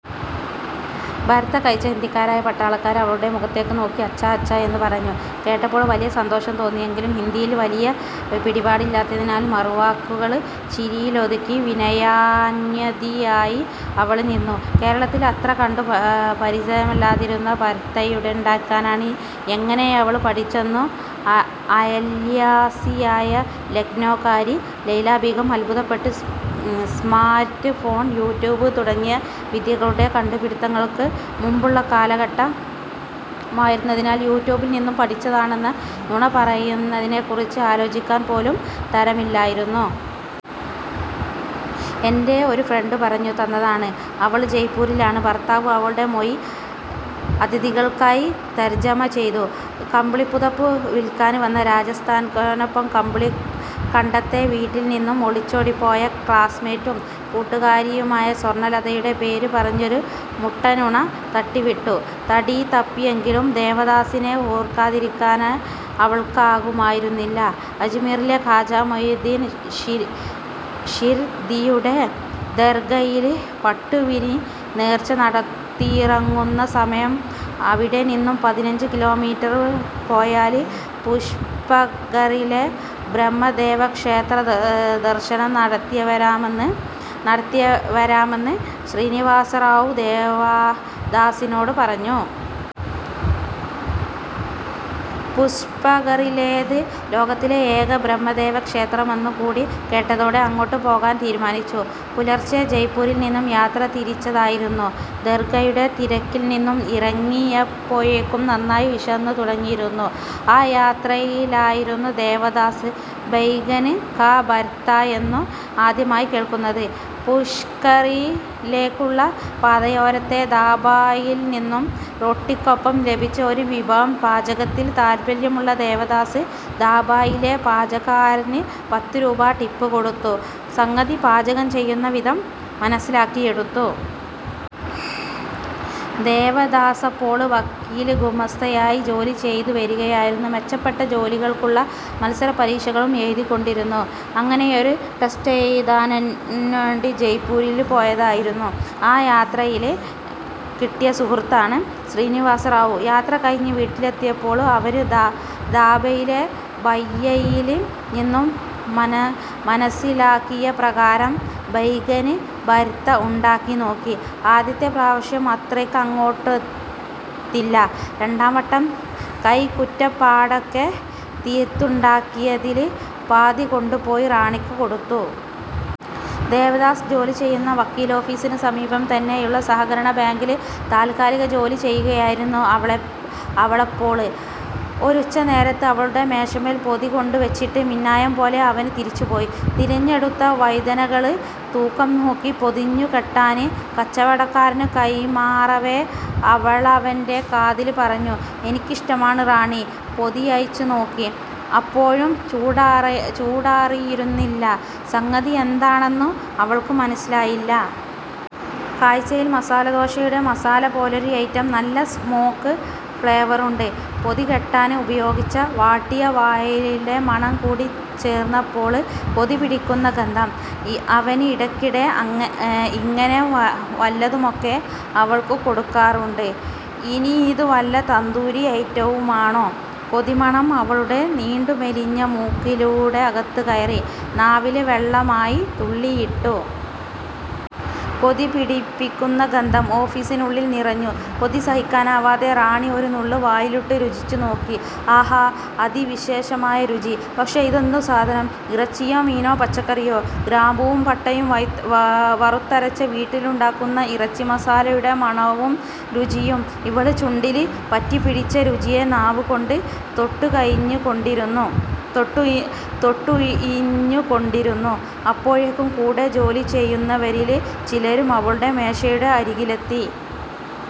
ബര്ത്ത കഴിച്ച ഹിന്ദിക്കാരായ പട്ടാളക്കാര് അവളുടെ മുഖത്തുനോക്കി 'അച്ഛാ, അച്ഛാ-' യെന്നു പറഞ്ഞു. കേട്ടപ്പോള് വലിയ സന്തോഷം തോന്നിയെങ്കിലും ഹിന്ദിയില് വലിയ പിടിപാടില്ലാത്തതിനാല് മറുവാക്കുകള് ചിരിയിലൊതുക്കി വിനയാന്വതിയായി അവള് നിന്നു. കേരളത്തില് അത്രകണ്ടു പരിചിതമല്ലാതിരുന്ന ബര്ത്തയുണ്ടാക്കാന് എങ്ങനെയവള് പഠിച്ചെന്നു അയല്വാസിയായ ലക്നോക്കാരി ലൈലാബീഗം അത്ഭുതപ്പെട്ടു. സ്മാര്ട്ട് ഫോണ്, യൂട്യൂബ് തുടങ്ങിയ വിദ്യകളുടെ കണ്ടുപിടുത്തങ്ങള്ക്ക് മുന്പുള്ള കാലമായിരുന്നതിനാല് യൂട്യൂബില് നിന്നും പഠിച്ചതാണെന്ന നുണപറയുന്നതിനെക്കുറിച്ച് ആലോചിക്കാന് പോലും തരമില്ലായിരുന്നു. 'എന്റെ ഒരു ഫ്രണ്ട് പറഞ്ഞു തന്നതാണ്. അവള് ജയ്പ്പൂരിലാണ്'' ഭര്ത്താവ് അവളുടെ മൊഴി അതിഥികള്ക്കായി തര്ജമ ചെയ്തു. കമ്പിളിപ്പുതപ്പു വില്ക്കാന് വന്ന രാജസ്ഥാന്കാരനൊപ്പം കമ്പിളികണ്ടത്തെ വീട്ടില്നിന്നും ഒളിച്ചോടിപ്പോയ ക്ലാസ്മേറ്റും കൂട്ടുകാരിയുമായ സ്വര്ണ്ണലതയുടെ പേരുപറഞ്ഞൊരു മുട്ടന്നുണ തട്ടിവിട്ടു തടിതപ്പിയെങ്കിലും ദേവദാസിനെ ഓര്ക്കാതിരിക്കാന് അവള്ക്കാകുമായിരുന്നില്ല. അജ്മീറിലെ കാജാ മോയിനുദ്ദിന് ഷിര്ദ്ദിയുടെ ദര്ഗയില് പട്ടുവിരിനേര്ച്ച നടത്തിയിറങ്ങുന്നസമയം അവിടെനിന്നും പതിനഞ്ചുകിലോമീറ്റര് പോയാല് പുഷ്കറിലെ ബ്രഹ്മദേവക്ഷേത്ര ദര്ശനം നടത്തിവരാമെന്ന് ശ്രീനിവാസറാവു ദേവദാസിനോട് പറഞ്ഞു. പുഷ്കറിലേത് ലോകത്തിലെ ഏക ബ്രഹ്മദേവ ക്ഷേത്രമെന്നുകൂടി കേട്ടതോടെ അങ്ങോട്ടു പോകാന് തീരുമാനിച്ചു. പുലര്ച്ചെ ജയ്പൂരില്നിന്നും യാത്രതിരിച്ചതായിരുന്നു. ദര്ഗയിലെ തിരക്കില്നിന്നും ഇറങ്ങിയപ്പോഴേക്കും നന്നായി വിശന്നുതുടങ്ങിയിരുന്നു. ആ യാത്രയിലായിരുന്നു ദേവദാസ് 'ബൈഗന് കാ ബര്ത്താ'യെന്നു ആദ്യമായി കേള്ക്കുന്നത്. പുഷ്കറിലേക്കുള്ള പാതയോരത്തെ ദാബയില്നിന്നും റൊട്ടിക്കൊപ്പം ലഭിച്ച ഒരു വിഭവം. പാചകത്തില് താല്പര്യമുള്ള ദേവദാസ്, ദാബയിലെ പാചകക്കാരന് പത്തുരൂപാ ടിപ്പുകൊടുത്ത് സംഗതി പാചകം ചെയ്യുന്ന വിധം മനസ്സിലാക്കിയെടുത്തു. ദേവദാസപ്പോള് വക്കീല്ഗുമസ്തനായി ജോലിചെയ്തു വരികയായിരുന്നു. മെച്ചപ്പെട്ട ജോലികള്ക്കുള്ള മത്സരപരീക്ഷകളും എഴുതിക്കൊണ്ടിരുന്നു. അങ്ങനെയൊരു ടെസ്റ്റെഴുതാന്വേണ്ടി ജയ്പ്പൂരില് പോയതായിരുന്നു. ആ യാത്രയില് കിട്ടിയ സുഹൃത്താണ് ശ്രീനിവാസറാവു. യാത്രകഴിഞ്ഞു വീട്ടിലെത്തിയപ്പോള് അവന് ദാബയിലെ ഭയ്യയില് നിന്നും മനസ്സിലാക്കിയ പ്രകാരം 'ബൈഗന് ബര്ത്ത' ഉണ്ടാക്കിനോക്കി. ആദ്യത്തെ പ്രാവശ്യം അത്രയ്ക്കങ്ങോട്ടൊത്തില്ല. രണ്ടാംവട്ടം കൈക്കുറ്റപ്പാടൊക്കെ തീര്ത്തുണ്ടാക്കിയതില് പാതികൊണ്ടുപോയി റാണിക്ക് കൊടുത്തു. ദേവദാസ് ജോലിചെയ്യുന്ന വക്കീലോഫിസിനു സമീപം തന്നെയുള്ള സഹകരണബാങ്കില് താല്ക്കാലിക ജോലി ചെയ്യുകയായിരുന്നു അവളപ്പോള്. ഒരുച്ചനേരത്ത് അവളുടെ മേശമേല് പൊതികൊണ്ടുവെച്ചിട്ട് മിന്നായംപോലെ അവന് തിരിച്ചുപോയി. തിരഞ്ഞെടുത്ത വഴുതനങ്ങകള് തൂക്കംനോക്കി പൊതിഞ്ഞുകെട്ടാന് കച്ചവടക്കാരനു കൈമാറവേ അവളവന്റെ കാതില് പറഞ്ഞു. '' എനിക്കിഷ്ടമാണ്'' റാണി പൊതിയഴിച്ചുനോക്കി. അപ്പോഴും ചൂടാറിയിരുന്നില്ല. സംഗതി എന്താണെന്നു അവള്ക്കു മനസ്സിലായില്ല. കാഴ്ചയില് മസാലദോശയുടെ മസാല പോലൊരു ഐറ്റം. നല്ല സ്മോക്ക് ഫ്ലേവറുണ്ട്. പൊതികെട്ടാന് ഉപയോഗിച്ച വാട്ടിയ വാഴയിലയുടെ മണംകൂടി ചേര്ന്നപ്പോള് കൊതിപിടിപ്പിക്കുന്ന ഗന്ധം. അവന് ഇടക്കിടെ ഇങ്ങനെ വല്ലതുമൊക്കെ അവള്ക്കു കൊടുക്കാറുണ്ട്. ഇനിയിതു വല്ല തന്തൂരി ഐറ്റവുമാണോ? കൊതിമണം അവളുടെ നീണ്ടുമെലിഞ്ഞ മൂക്കിലൂടകത്തുകയറി നാവില് വെള്ളമായി തുള്ളിയിട്ടു. കൊതിപിടിപ്പിക്കുന്ന ഗന്ധം ഓഫീസിനുള്ളില് നിറഞ്ഞു. കൊതിസഹിക്കാനാവാതെ റാണി ഒരുനുള്ള് വായിലിട്ടു രുചിനോക്കി. ആഹാ.. അതിവിശേഷമായ രുചി!. പക്ഷെ ഇതെന്തു സാധനം!. ഇറച്ചിയോ മീനോ പച്ചക്കറിയോ? ഗ്രാമ്പുവും പട്ടയും വറുത്തരച്ചു വീട്ടിലുണ്ടാക്കുന്ന ഇറച്ചിമസാലയുടെ മണവും രുചിയും!. അവള് ചുണ്ടില് പറ്റിപ്പിടിച്ച രുചിയെ നാവുകൊണ്ട് തൊട്ടുഴിഞ്ഞുകൊണ്ടിരുന്നു. അപ്പോഴേക്കും കൂടെ ജോലിചെയ്യുന്നവരില് ചിലരും അവളുടെ മേശയുടെ അരികിലെത്തി.